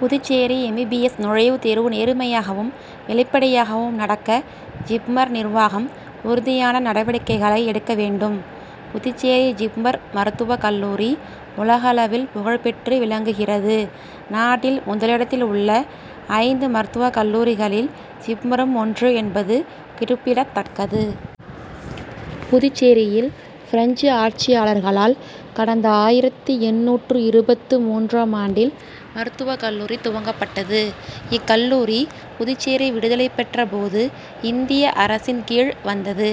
Puducherry M. B. B. S. நுழைவுத் தேர்வு நேர்மையாகவும் வெளிப் படையாகவும் நடக்க ஜிப்மர் நிர்வாகம் உறுதியான நடவடிக்கைகளை எடுக்க வேண்டும். புதுச்சேரி ஜிப்மர் மருத்துவக் கல்லூரி உலகளவில் புகழ் பெற்று விளங்குகிறது. நாட்டில் முதலிடத்தில் உள்ள ஐந்து மருத்துவக் கல்லூரிகளில் ஜிப்மரும் ஒன்று என்பது குறிப்பிடத்தக்கது. புதுச்சேரியில் பிரெஞ்சு ஆட்சியாளர்களால் கடந்த ஆயிரத்து எண்ணூற்று இருபத்து மூன்றாம் ஆண்டில் மருத்துவக் கல்லூரி துவக்கப்பட்டது. இக்கல்லூரி புதுச்சேரி விடுதலைப் பெற்ற போது இந்திய அரசின் கீழ் வந்தது.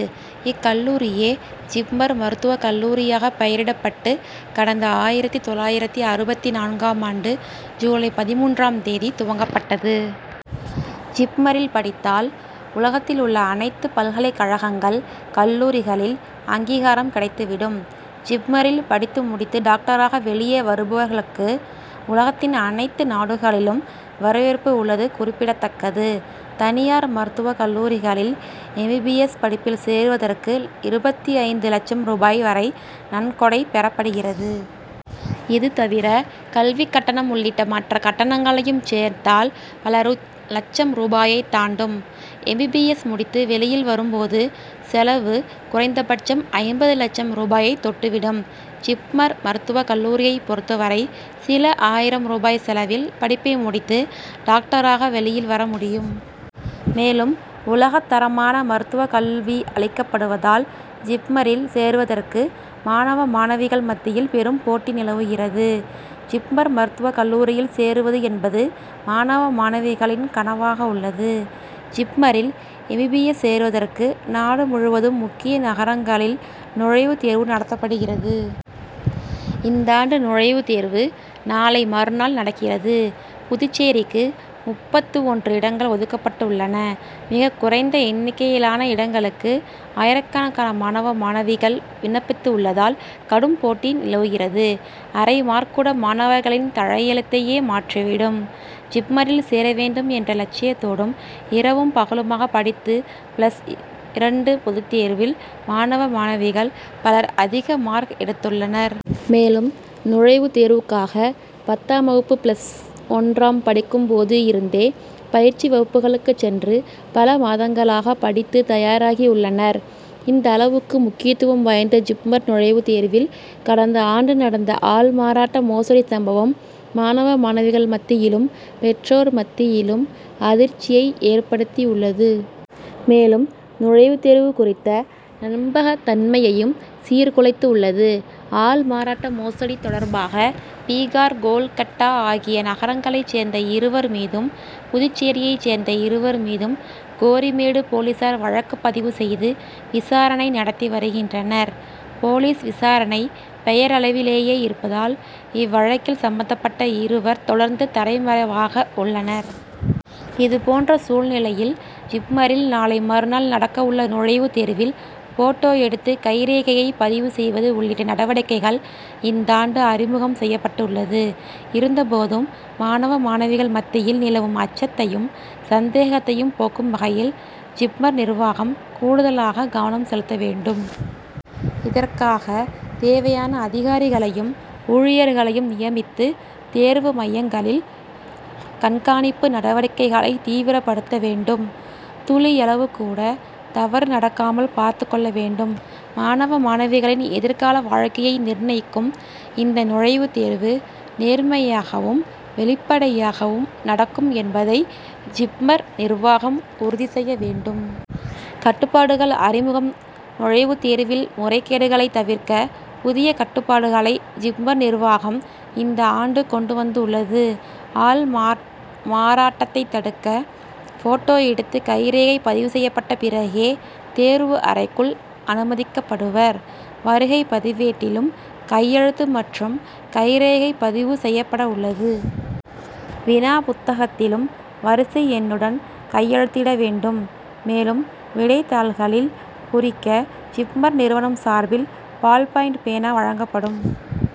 இக் கல்லூரியே ஜிப்மர் மருத்துவக் கல்லூரியாக பெயரிடப்பட்டு கடந்த ஆயிரத்து தொள்ளாயிரத்து அறுபத்து நான்காம் ஆண்டு ஜூலை பதின்மூன்றாம் தேதி துவக்கப்பட்டது. ஜிப்மரில் படித்தால் உலகத்தில் உள்ள அனைத்து பல்கலைக் கழகங்கள் கல்லூரிகளில் அங்கீகாரம் கிடைத்துவிடும். ஜிப்மரில் படித்து முடித்து டாக்டராக வெளியே வருபவர் களுக்கு உலகத்தின் அனைத்து நாடுகளிலும் வரவேற்பு உள் ளது குறிப்பிடத்தக்கது. தனியார் மருத்துவக் கல்லூரிகளில் எம். பி. பி. எஸ். படிப்பில் சேருவதற்கு இருபத்தைந்து லட்சம் ரூபாய் வரை நன்கொடை பெறப்படுகிறது. இதுதவிர கல்விக் கட்டணம் உள்ளிட்ட மற்ற கட்டணங்களையும் சேர்த் தால் பல லட்சம் ரூபாயை தாண் டும். எம். பி. பி. எஸ். முடித்து வெளியில் வரும்போது செலவு குறைந்தபட்சம் ஐம்பது லட்சம் ரூபாயை தொட்டுவிடும். ஜிப்மர் மருத்துவக் கல்லூரியை பொருத்தவரை சில ஆயிரம் ரூபாய் செலவில் படிப்பை முடித்து டாக்டராக வெளியில் வர முடியும். மேலும் உலகத் தரமான மருத்துவக் கல்வி அளிக்கப்படுவதால் ஜிப்மரில் சேருவதற்கு மாணவ மாணவிகள் மத்தியில் பெரும் போட்டி நிலவுகிறது. ஜிப்மர் மருத்துவக் கல்லூரியில் சேருவது என்பது மாணவ மாணவிகளின் கனவாக உள்ளது. ஜிப்மரில் எம். பி. பி. எஸ். சேருவதற்கு நாடு முழுவதும் முக்கிய நகரங்களில் நுழைவுத் தேர்வு நடத் தப்படுகிறது. இந்தாண்டு நுழைவுத் தேர்வு நாளை மறுநாள் நடக்கிறது. புதுச்சேரிக்கு முப்பத்து ஒன்று இடங்கள் ஒதுக்கப்பட்டுள்ளன. மிகக் குறைந்த எண்ணிக்கையிலான இடங்களுக்கு ஆயிரக்கணக்கான மாணவ மாணவிகள் விண்ணப்பித்துள்ளதால் கடும் போட்டி நிலவுகிறது. அரை மார்க்கூட மாணவர்களின் தலையெழுத்தையே மாற்றிவிடும். ஜிப்மரில் சேர வேண்டும் என்ற லட்சியத்தோடும் இரவும் பகலுமாக படித்து பிளஸ் இரண்டு பொதுத் தேர்வில் மாணவ மாணவிகள் பலர் அதிக மார்க் எடுத்துள்ளனர். மேலும் நுழைவுத் தேர்வுக்காக பத்தாம் வகுப்பு பிளஸ் ஒன்றாம் படிக்கும்போதிருந்தே பயிற்சி வகுப்புகளுக்கு சென்று பல மாதங்களாக படித்து தயாராகி உள்ளனர். இந்தளவுக்கு முக்கியத்துவம் வாய்ந்த ஜிப்மர் நுழைவுத் தேர்வில் கடந்தாண்டு நடந்த ஆள் மாறாட்ட மோசடி சம்பவம் மாணவ மாணவிகள் மத்தியிலும் பெற்றோர் மத்தியிலும் அதிர்ச்சியை ஏற்படுத்தியுள் ளது. மேலும் நுழைவுத் தேர்வு குறித்த நம்பகத்தன்மையையும் சீர்குலைத்துள்ளது. ஆள் மாறாட்ட மோசடி தொடர்பாக பீகார் கோல் கட்டா ஆகிய நகரங்களை சேர்ந்த இருவர் மீதும் புதுச்சேரியை சேர்ந்த இருவர் மீதும் கோரிமேடு போலீசார் வழக்கு பதிவு செய்து விசாரணை நடத்தி வருகின்றனர். போலீஸ் விசாரணை பெயரளவிலேயே இருப்பதால் இவ்வழக்கில் சம்பந்தப்பட்ட இருவர் தொடர்ந்து தலைமறைவாக உள்ளனர். இதுபோன்ற சூழ்நிலையில் ஜிப்மரில் நாளை மறுநாள் நடக்க உள்ள நுழைவுத் தேர்வில் போட்டோ எடுத்து கைரேகையை பதிவு செய்வது உள்ளிட்ட நடவடிக்கைகள் இந்தாண்டு அறிமுகம் செய்யப் பட்டுள்ளது. இருந்தபோதும் மாணவ மாணவிகள் மத்தியில் நிலவும் அச்சத்தையும் சந்தேகத்தையும் போக்கும் வகையில் ஜிப்மர் நிர்வாகம் கூடுதலான கவனம் செலுத்த வேண்டும். இதற்காக தேவையான அதிகாரிகளையும் ஊழியர்களையும் நியமித்து தேர்வு மையங்களில் கண்காணிப்பு நடவடிக் கைகளை தீவிரப்படுத்த வேண்டும். துளியளவுகூட தவறு நடக்காமல் பார்த்துக் கொள்ள வேண்டும். மாணவ மாணவிகளின் எதிர்கால வாழ்க்கையை நிர்ணயிக்கும் இந்த நுழைவுத் தேர்வு நேர்மையாகவும் வெளிப்படையாகவும் நடக்கும் என்பதை ஜிப்மர் நிர்வாகம் உறுதி செய்ய வேண்டும். கட்டுப்பாடுகள் அறிமுகம் நுழைவுத் தேர்வில் முறை கேடுகளை தவிர்க்க புதிய கட்டுப்பாடுகளை ஜிப்மர் நிர்வாகம் இந்தாண்டு கொண்டு வந்துள்ளது. ஆள் மாறாட்டத்தை தடுக்க போட்டோ எடுத்து கைரேகை பதிவு செய்யப் பட்ட பிறகே தேர்வு அறைக் குள் அனுமதிக்கப்படுவர். வருகை பதிவேட்டிலும் கையெழுத்து மற்றும் கைரேகை பதிவு செய்யப் பட உள்ளது. வினா புத்தகத்திலும் வரிசை எண்ணுடன் கையெழுத்திட வேண்டும். மேலும் விடைத் தாள்களில் குறிக்க ஜிப்மர் நிறுவனம் சார்பில் பால் பாயின்ட் பேனா வழங்கப்படும்.